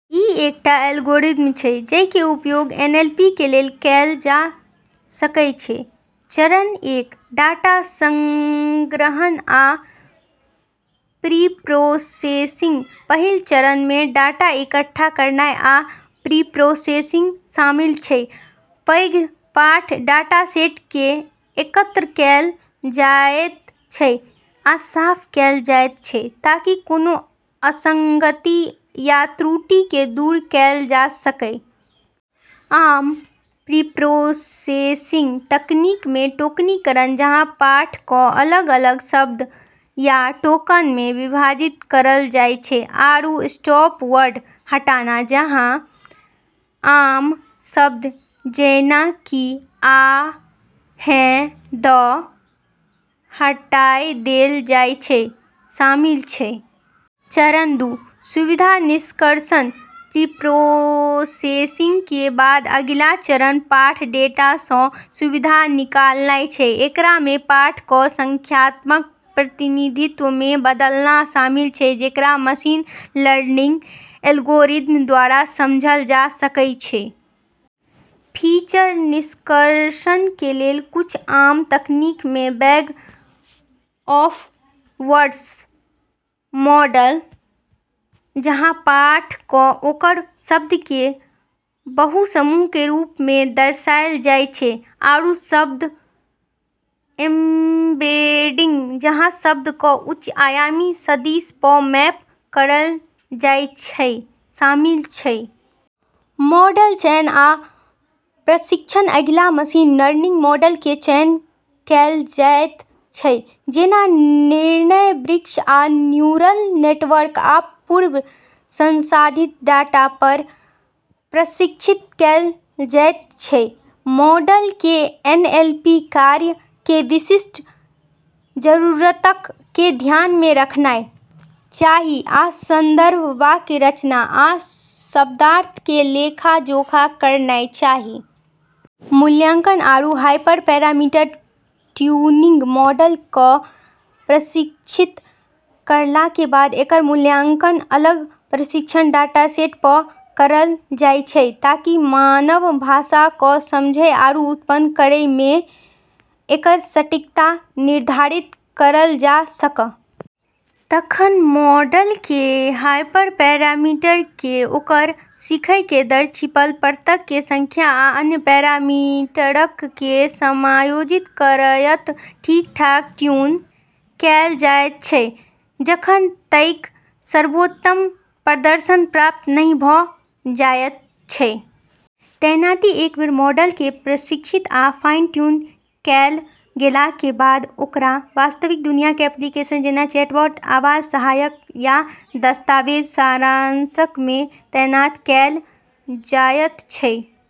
इ एकटा एल्गोरिदम छै जइ के उपयोग एनएलपी के लेल कैल जा सकय छै: चरण एक: डाटा संग्रहण आ प्रीप्रोसेसिंग पहिल चरण मे डाटा इकट्ठा करनाय आ प्रीप्रोसेसिंग शामिल छै। पैघ पाठ डाटासेट के एकत्र कैल जायत छै आ साफ कैल जायत छै, ताकि कोनों असंगति या त्रुटि के दूर कैल जा सकय। आम प्रीप्रोसेसिंग तकनीक मे टोकनीकरण, जहाँ पाठ क अलग-अलग शब्द या टोकन मे विभाजित करल जाय छै, आरू स्टॉप-वर्ड हटाना, जहाँ आम शब्द जैना कि 'आ', 'है', 'द' हटाय देल जाय छै, शामिल छै। चरण दू: सुविधा निष्कर्षण प्रीप्रोसेसिंग के बाद, अगिला चरण पाठ डेटा सं सुविधा निकालनाय छै। एकरा मे पाठ क संख्यात्मक प्रतिनिधित्व मे बदलना शामिल छै जेकरा मशीन लर्निंग एल्गोरिदम द्वारा समझल जा सकै छै। फीचर निष्कर्षण के लेल कुछ आम तकनीक मे बैग-ऑफ-वर्ड्स मॉडल, जहाँ पाठ क ओकर शब्द के बहुसमूह के रूप मे दर्शायल जाय छै, आरू शब्द एम्बेडिंग, जहाँ शब्द क उच्च-आयामी सदिश प मैप करल जाय छै, शामिल छै। मॉडल चयन आ प्रशिक्षण अगिला, मशीन लर्निंग मॉडल के चयन कैल जैत छै, जेना निर्णय वृक्ष, या न्यूरल नेटवर्क, आ पूर्व संसाधित डाटा पर प्रशिक्षित कैल जैत छै। मॉडल के एनएलपी कार्य के विशिष्ट जरूरतक के ध्यान मे रखनाय चाही, आ संदर्भ, वाक्य रचना, आ शब्दार्थ के लेखा-जोखा करनाय चाही। मूल्यांकन आरू हाइपरपैरामीटर ट्यूनिंग मॉडल क प्रशिक्षित करला के बाद एकर मूल्यांकन अलग परीक्षण डाटासेट प करल जाय छै ताकि मानव भाषा क समझै आरू उत्पन्न करै मे एकर सटीकता निर्धारित करल जा सक। तखन मॉडल के हाइपरपैरामीटर के ओकर सीखय के दर, छिपल परतक के संख्या, आ अन्य पैरामीटरक के समायोजित करयत ठीक-ठीक ट्यून कैल जायत छै, जखन तइक सर्वोत्तम प्रदर्शन प्राप्त नहि भ जायत छै। तैनाती एक बेर मॉडल के प्रशिक्षित आ फाइन-ट्यून कैल गेलाक के बाद, ओकरा वास्तविक दुनिया के एप्लीकेशन जेना चैटबॉट, आवाज सहायक, या दस्तावेज सारांशक मे तैनात कैल जायत छै।